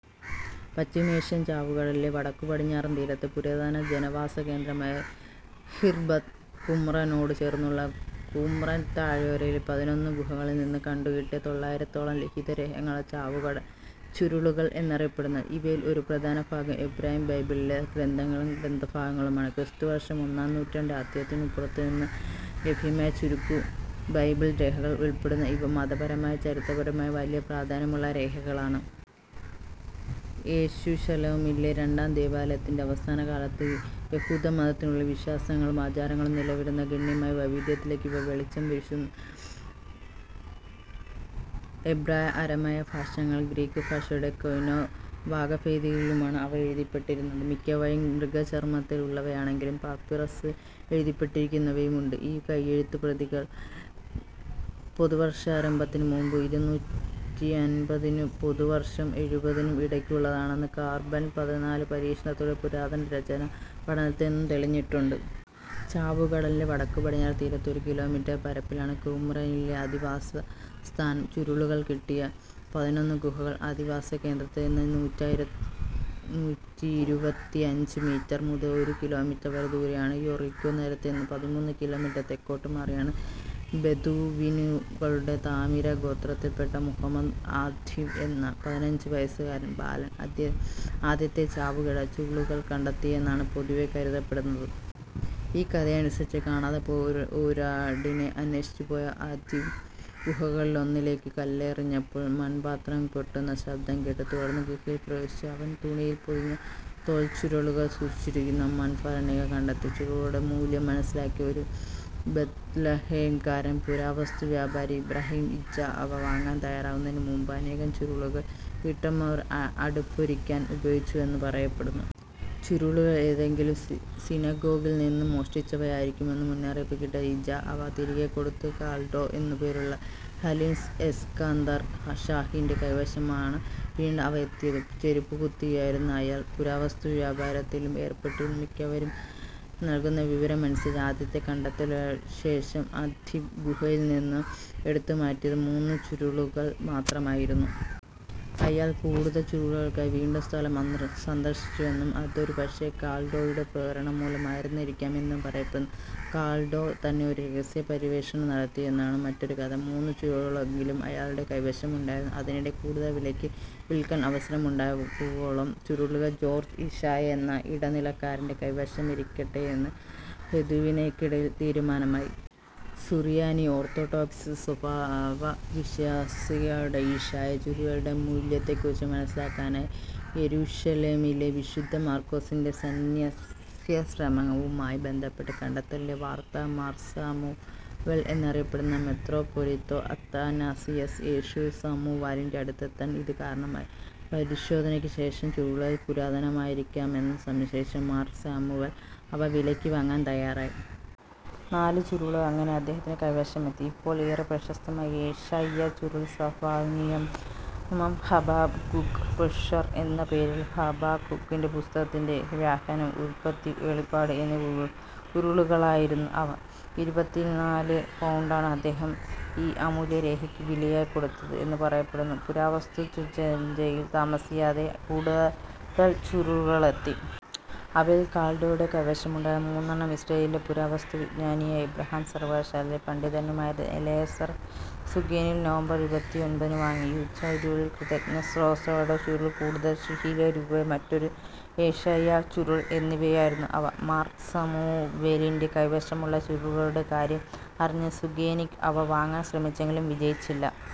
പശ്ചിമേഷ്യയിൽ ചാവുകടലിൻ്റെ വടക്കുപടിഞ്ഞാറൻ തീരത്തെ പുരാതന ജനവാസകേന്ദ്രമായ ഖിർബത് കുമ്രാനോടു ചേർന്നുള്ള കുമ്രാൻ താഴ്വരയിലെ പതിനൊന്ന് ഗുഹകളിൽ നിന്ന് കണ്ടുകിട്ടിയ തൊള്ളായിരത്തോളം ലിഖിതരേഖകളാണ് ചാവുകടൽ ചുരുളുകൾ എന്നറിയപ്പെടുന്നത്. ഇവയിൽ ഒരു പ്രധാനഭാഗം എബ്രായ ബൈബിളിലെ ഗ്രന്ഥങ്ങളും ഗ്രന്ഥഭാഗങ്ങളുമാണ്. ക്രിസ്തുവർഷം ഒന്നാം നൂറ്റാണ്ടിൻ്റെ അന്ത്യത്തിനപ്പുറത്തുനിന്ന് ഇന്ന് ലഭ്യമായ ചുരുക്കം ബൈബിൾ രേഖകളിൽ ഉൾപ്പെടുന്ന ഇവ, മതപരവും ചരിത്രപരവുമായി വലിയ പ്രാധാന്യമുള്ള രേഖകളാണ്. യെരുശലേമിലെ രണ്ടാം ദേവാലയത്തിൻ്റെ അവസാനകാലത്തെ യഹൂദമതത്തിനുള്ളിൽ, വിശ്വാസങ്ങളിലും ആചാരങ്ങളിലും നിലവിലിരുന്ന ഗണ്യമായ വൈവിധ്യത്തിലേക്ക് ഇവ വെളിച്ചം വീശുന്നു. എബ്രായ, അരമായ ഭാഷകളിലും ഗ്രീക്ക് ഭാഷയുടെ കൊയ്നെ വകഭേദത്തിലുമാണ് അവ എഴുതപ്പെട്ടിരിക്കുന്നത്. മിക്കവയും മൃഗചർമ്മത്തിൽ ഉള്ളവയാണെങ്കിലും പാപ്പിറസിൽ എഴുതപ്പെട്ടിരിക്കുന്നവയും ഉണ്ട്. ഈ കൈയെഴുത്തുപ്രതികൾ പൊതുവർഷാരംഭത്തിന് മുൻപ് ഇരുനൂറ്റമ്പതിനും പൊതുവർഷം എഴുപതിനും ഇടയ്ക്കുള്ളതാണെന്ന് കാർബൺ പതിനാല് പരീക്ഷണത്തിലും പുരാതന രചനാപഠനത്തിൽ നിന്നും തെളിഞ്ഞിട്ടുണ്ട്. ചാവുകടലിൻ്റെ വടക്കുപടിഞ്ഞാറെ തീരത്തെ ഒരു കിലോമീറ്റർ പരപ്പിലാണ് കുമ്രയിൽ അധിവാസസ്ഥാനം. ചുരുളുകൾ കിട്ടിയ പതിനൊന്ന് ഗുഹകൾ അധിവാസകേന്ദ്രത്തിൽ നിന്ന് നൂറ്റിയിരുപത്തഞ്ച് മീറ്റർ മുതൽ ഒരു കിലോമീറ്റർ വരെ ദൂരെയാണ്. യെറീക്കോ നഗരത്തിൽ നിന്ന് പതിമൂന്ന് കിലോമീറ്റർ തെക്കോട്ടുമാറിയാണിത്. ബെദൂവിനുകളുടെ താമിരാ ഗോത്രത്തിൽ പെട്ട മുഹമ്മദ് ആദ്ദിബ്ബ് എന്ന പതിനഞ്ചുവയസ്സുകാരൻ ബാലൻ ആദ്യ ആദ്യത്തെ ചാവുകടൽ ചുരുളുകൾ കണ്ടെത്തിയെന്നാണ് പൊതുവേ കരുതപ്പെടുന്നത്. ഈ കഥയനുസരിച്ച് കാണാതെപോയ ഒരാടിനെ അന്വേഷിച്ചുപോയ അദ്ദീബ്, ഗുഹകളിലൊന്നിലേക്ക് കല്ലെറിഞ്ഞപ്പോൾ മൺപാത്രം പൊട്ടുന്ന ശബ്ദം കേട്ടു. തുടർന്ന് ഗുഹയിൽ പ്രവേശിച്ച അവൻ, തുണിയിൽ പൊതിഞ്ഞ് തോൽച്ചുരുളുകൾ സൂക്ഷിച്ചിരിക്കുന്ന മൺഭരണികൾ കണ്ടെത്തി. ചുരുളുകളുടെ മൂല്യം മനസ്സിലാക്കിയ ഒരു ബെത്ലഹേംകാരൻ പുരാവസ്തു വ്യാപാരി ഇബ്രാഹിം ഇജാ അവ വാങ്ങാൻ തയ്യാറാകുന്നതിന് മുൻപ്, അനേകം ചുരുളുകൾ വീട്ടമ്മമാർ അടുപ്പെരിക്കാൻ ഉപയോഗിച്ചുവെന്ന് പറയപ്പെടുന്നു. ചുരുളുകൾ ഏതെങ്കിലും സിനഗോഗിൽ നിന്ന് മോഷ്ടിച്ചവയായിരിക്കുമെന്ന് മുന്നറിയിപ്പ് കിട്ടിയ ഇജാ അവ തിരികെ കൊടുത്തു. കാൻഡോ എന്നും പേരുള്ള ഖലീൽ എസ്കന്ദർ ഷാഹിൻ്റെ കൈവശമാണ് പിന്നീട് അവ എത്തിയത്. ചെരുപ്പുകുത്തിയായിരുന്ന അയാൾ പുരാവസ്തു വ്യാപാരത്തിലും ഏർപ്പെട്ടിരുന്നു. മിക്കവരും നൽകുന്ന വിവരമനുസരിച്ച് ആദ്യത്തെ കണ്ടെത്തലിനുശേഷം അദ്ദീബ് ഗുഹയിൽ നിന്ന് എടുത്തുമാറ്റിയത് മൂന്ന് ചുരുളുകൾ മാത്രമായിരുന്നു. അയാൾ കൂടുതൽ ചുരുളുകൾക്കായി വീണ്ടും സ്ഥലം സന്ദർശിച്ചുവെന്നും അതൊരുപക്ഷേ കാൻഡോയുടെ പ്രേരണമൂലം ആയിരുന്നിരിക്കാം എന്നും പറയപ്പെടുന്നു. കാൻഡോ തന്നെ ഒരു രഹസ്യപര്യവേഷണം നടത്തിയെന്നാണ് മറ്റൊരു കഥ. മൂന്ന് ചുരുളുകളെങ്കിലും അയാളുടെ കൈവശമുണ്ടായിരുന്നു. അതിനിടെ കൂടുതൽ വിലയ്ക്ക് വിൽക്കാൻ അവസരമുണ്ടാകുവോളം ചുരുളുകൾ ജോർജ്ജ് ഇശയാ എന്ന ഇടനിലക്കാരൻ്റെ കൈവശമിരിക്കട്ടെ എന്ന് ബെദൂവിനുകൾക്കിടയിൽ തീരുമാനമായി. സുറിയാനി ഓർത്തോഡോക്സ് സഭാ വവിശ്വാസിയായിരുന്ന ഇശയാ ചുരുളുകളുടെ മൂല്യത്തെക്കുറിച്ച് മനസ്സിലാക്കാനായി, യെരുശലേമിലെ വിശുദ്ധ മർക്കോസിൻ്റെ സന്ന്യാസാശ്രമവുമായി ബന്ധപ്പെട്ടു. കണ്ടെത്തലിൻ്റെ വാർത്ത മാർ സാമുവൽ എന്നറിയപ്പെടുന്ന മെത്രാപ്പോലീത്താ അത്താനാസിയസ് യേശു സാമുവലിൻ്റെ അടുത്തെത്താൻ ഇത് കാരണമായി. പരിശോധനയ്ക്ക് ശേഷം ചുരുളുകൾ പുരാതനമായിരിക്കാമെന്ന് സംശയിച്ച മാർ സാമുവൽ അവ വിലയ്ക്ക് വാങ്ങാൻ തയ്യാറായി. നാല് ചുരുളുകൾ അങ്ങനെ അദ്ദേഹത്തിൻ്റെ കൈവശമെത്തി. ഇപ്പോൾ ഏറെ പ്രശസ്തമായ ഏശയ്യാ ചുരുൾ, സഭാനിയമം, ഹബക്കുക്ക് പെഷെർ എന്ന പേരിൽ ഹബക്കുകിൻ്റെ പുസ്തകത്തിൻ്റെ വ്യാഖ്യാനം, ഉല്പത്തി വെളിപാട് എന്നീ ചുരുളുകളായിരുന്നു അവ. ഇരുപത്തിനാല് പൗണ്ടാണ് അദ്ദേഹം ഈ അമൂല്യരേഖകൾക്ക് വിലയായി കൊടുത്തത് എന്ന് പറയപ്പെടുന്നു. പുരാവസ്തുച്ചന്തയിൽ താമസിയാതെ കൂടുതൽ ചുരുളുകളെത്തി. അവയിൽ കാൻഡോയുടെ കൈവശമുണ്ടായിരുന്ന മൂന്നെണ്ണം ഇസ്രായേലിലെ പുരാവസ്തുവിജ്ഞാനിയും എബ്രായ സർവ്വകലാശാലയിലെ പണ്ഡിതനുമായിരുന്ന എലയാസർ സുകേനിക് നവംബർ ഇരുപത്തൊമ്പതിന് വാങ്ങി. യുദ്ധച്ചുരുൾ, കൃതജ്ഞതാസ്തോത്രങ്ങളുടെ ചുരുൾ, കൂടുതൽ ശിഥിലമായിരുന്ന മറ്റൊരു ഏശയ്യാ ചുരുൾ എന്നിവയായിരുന്നു അവ. മാർ സാമുവേലിൻ്റെ കൈവശമുള്ള ചുരുളുകളുടെ കാര്യം അറിഞ്ഞ സുകേനിക് അവ വാങ്ങാൻ ശ്രമിച്ചെങ്കിലും വിജയിച്ചില്ല.